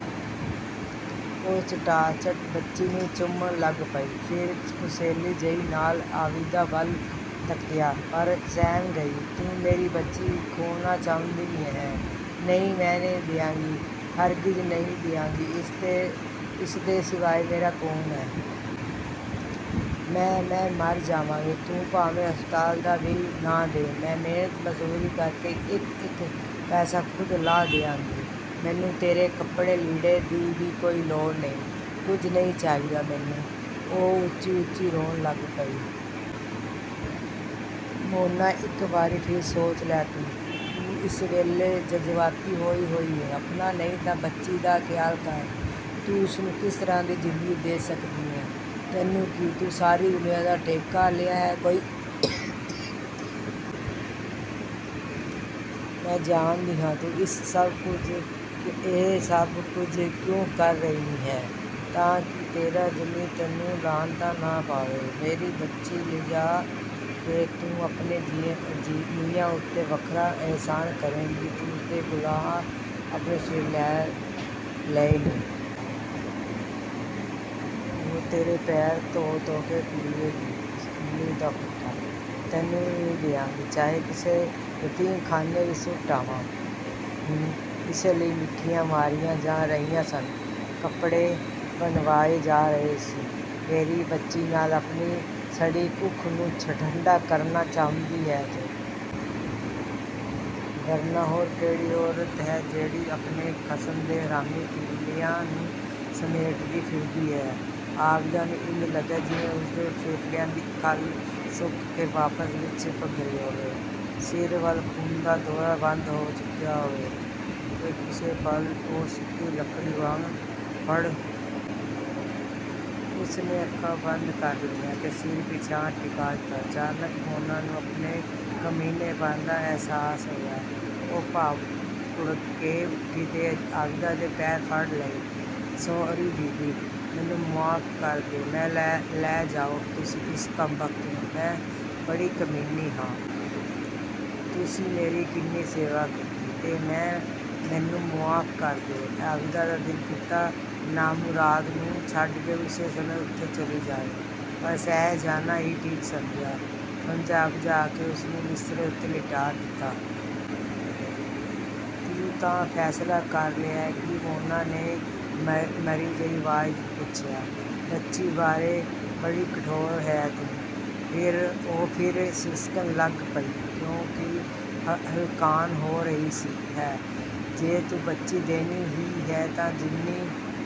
ਉਹ 'ਚਟਾਚਟ' ਬੱਚੀ ਨੂੰ ਚੁੰਮਣ ਲੱਗ ਪਈ। ਫਿਰ ਕੁਸੈਲ-ਜਿਹੀ ਨਾਲ ਆਬਿਦਾ ਵੱਲ ਤੱਕਿਆ, ਪਰ ਸਹਿਮ ਗਈ। "ਤੂੰ ਮੇਰੀ ਬੱਚੀ ਖੋਹਣਾ ਚਾਹੁੰਦੀ ਹੈਂ? ਨਹੀਂ, ਮੈਂ ਨਹੀਂ ਦਿਆਂਗੀ, ਹਰਗਿਜ਼ ਨਹੀਂ ਦਿਆਂਗੀ। ਇਸ ਦੇ ਸਿਵਾਏ ਮੇਰਾ ਕੌਣ ਹੈ! ਮੈਂ, ਮੈਂ ਮਰ ਜਾਵਾਂਗੀ! ਤੂੰ ਭਾਵੇਂ ਹਸਪਤਾਲ ਦਾ ਬਿੱਲ ਨਾ ਦੇ, ਮੈਂ ਮਿਹਨਤ-ਮਜ਼ਦੂਰੀ ਕਰਕੇ ਇੱਕ-ਇੱਕ ਪੈਸਾ ਖ਼ੁਦ ਲਾਹ ਦਿਆਂਗੀ। ਮੈਨੂੰ ਤੇਰੇ ਕੱਪੜੇ-ਲੀੜੇ ਦੀ ਵੀ ਕੋਈ ਲੋੜ ਨਹੀਂ। ਕੁਝ ਨਹੀਂ ਚਾਹੀਦਾ ਮੈਨੂੰ" ਉਹ ਉੱਚੀ-ਉੱਚੀ ਰੋਣ ਲੱਗ ਪਈ। "ਮੋਨਾ ਇੱਕ ਵਾਰੀ ਫਿਰ ਸੋਚ ਲੈ ਤੂੰ, ਤੂੰ ਇਸ ਵੇਲੇ ਜਜ਼ਬਾਤੀ ਹੋਈ-ਹੋਈ ਹੈਂ। ਆਪਣਾ ਨਹੀਂ ਤਾਂ ਬੱਚੀ ਦਾ ਖ਼ਿਆਲ ਕਰ, ਤੂੰ ਇਸਨੂੰ ਕਿਸ ਤਰ੍ਹਾਂ ਦੀ ਜ਼ਿੰਦਗੀ ਦੇ ਸਕਦੀ ਹੈਂ?" "ਤੈਨੂੰ ਕੀ? ਤੂੰ ਸਾਰੀ ਦੁਨੀਆਂ ਦਾ ਠੇਕਾ ਲਿਆ ਹੈ ਕੋਈ! ਮੈਂ ਜਾਣਦੀ ਹਾਂ, ਤੂੰ ਇਹ ਸਭ ਕੁਝ ਕਿਉਂ ਕਰ ਰਹੀ ਹੈਂ, ਤਾਂ ਕਿ ਤੇਰਾ ਜ਼ਮੀਰ ਤੈਨੂੰ ਲਾਹਨਤਾਂ ਨਾ ਪਾਏ। ਮੇਰੀ ਬੱਚੀ ਲਿਜਾ ਕੇ ਤੂੰ ਆਪਣੇ ਮੀਆਂ ਉੱਤੇ ਵੱਖਰਾ ਅਹਿਸਾਨ ਕਰੇਂਗੀ ਕਿ ਤੂੰ ਉਸਦੇ ਗੁਨਾਹ, ਆਪਣੇ ਸਿਰ ਲੈ ਲਏ ਨੇ। ਉਹ ਤੇਰੇ ਪੈਰ ਧੋ-ਧੋ ਕੇ ਪੀਏਗਾ; ਊੱਲੂ ਦਾ ਪੱਠਾ। ਤੈਨੂੰ ਨਹੀਂ ਦਿਆਂਗੀ ਚਾਹੇ ਕਿਸੇ ਯਤੀਮਖਾਨੇ ਵਿੱਚ ਸੁੱਟ ਆਵਾਂ। ਹੂੰ, ਇਸੇ ਲਈ ਮਿੱਠੀਆਂ ਮਾਰੀਆਂ ਜਾ ਰਹੀਆਂ ਸਨ, ਕੱਪੜੇ ਬਣਵਾਏ ਜਾ ਰਹੇ ਸੀ, ਮੇਰੀ ਬੱਚੀ ਨਾਲ ਆਪਣੀ ਸੜੀ ਕੁੱਖ ਨੂੰ ਠੰਡਾ ਕਰਨਾ ਚਾਹੁੰਦੀ ਹੈਂ ਤੂੰ? ਵਰਨਾ ਹੋਰ ਕਿਹੜੀ ਔਰਤ ਹੈ, ਜਿਹੜੀ ਆਪਣੇ ਖਸਮ ਦੇ ਹਰਾਮੀ ਪਿੱਲਿਆਂ ਨੂੰ ਸਮੇਟਦੀ ਫਿਰਦੀ ਹੈ!" ਆਬਿਦਾ ਨੂੰ ਇੰਜ ਲੱਗਿਆ ਜਿਵੇਂ ਉਸਦੇ ਫੇਫੜਿਆਂ ਦੀ ਖੱਲ ਸੁੱਕ ਕੇ ਆਪਸ ਵਿੱਚ ਚਿਪਕ ਗਈ ਹੈ। ਸਿਰ ਵੱਲ ਖ਼ੂਨ ਦਾ ਦੌਰਾ ਬੰਦ ਹੋ ਚੁੱਕਿਆ ਹੈ, ਤੇ ਕਿਸੇ ਵੀ ਪਲ ਉਹ ਸੁੱਕੀ ਲੱਕੜੀ ਵਾਂਗ ਭੜਭੜ ਕਰਕੇ ਬਲਣੀ ਸ਼ੁਰੂ ਹੋ ਜਾਏਗੀ। ਉਸਨੇ ਅੱਖਾਂ ਬੰਦ ਕਰ ਲਈਆਂ ਤੇ ਸਿਰ ਪਿਛਾਂਹ ਟਿਕਾ ਦਿੱਤਾ। ਅਚਾਨਕ ਮੋਨਾ ਨੂੰ ਆਪਣੇ ਕਮੀਨੇਪਣ ਦਾ ਅਹਿਸਾਸ ਹੋਇਆ। ਉਹ ਭੁੜਕ ਕੇ ਉੱਠੀ ਤੇ ਆਬਿਦਾ ਦੇ ਪੈਰ ਫੜ ਲਏ"ਸੌਰੀ ਦੀਦੀ, ਮੈਨੂੰ ਮੁਆਫ਼ ਕਰ ਦਿਓ, ਲੈ ਜਾਓ ਤੁਸੀਂ ਇਸ ਕੰਮਬਖ਼ਤ ਨੂੰ, ਮੈਂ ਬੜੀ ਕਮੀਨੀ ਹਾਂ। ਤੁਸੀਂ ਮੇਰੀ ਕਿੰਨੀ ਸੇਵਾ ਕੀਤੀ, ਤੇ ਮੈਂ! ਮੈਨੂੰ ਮੁਆਫ਼ ਕਰ ਦਿਓ" ਆਬਿਦਾ ਦਾ ਦਿਲ ਕੀਤਾ ਨਾਮੁਰਾਦ ਨੂੰ ਛੱਡ ਕੇ ਉਸੇ ਸਮੇਂ ਉੱਥੋਂ ਚਲੀ ਜਾਏ। ਪਰ ਸਹਿ ਜਾਣਾ ਹੀ ਠੀਕ ਸਮਝਿਆ। ਸਮਝਾ-ਬੁਝਾ ਕੇ ਉਸਨੂੰ ਬਿਸਤਰੇ ਉੱਤੇ ਲਿਟਾ ਦਿੱਤਾ। "ਤਾਂ ਤੂੰ ਫ਼ੈਸਲਾ ਕਰ ਲਿਆ ਹੈ?" "ਕੀ?" ਮੋਨਾ ਨੇ ਮਰੀ ਜਿਹੀ ਆਵਾਜ਼ ਵਿੱਚ ਪੁੱਛਿਆ। "ਬੱਚੀ ਬਾਰੇ?" "ਬੜੀ ਕਠੋਰ ਹੈਂ ਤੂੰ!" ਉਹ ਫਿਰ ਸਿਸਕਣ ਲੱਗ ਪਈ। "ਕਿਉਂ ਹਲਕਾਨ ਹੋ ਰਹੀ ਹੈਂ, ਜੇ ਤੂੰ ਬੱਚੀ ਦੇਣੀ ਹੀ ਹੈ ਤਾਂ ਜਿੰਨੀ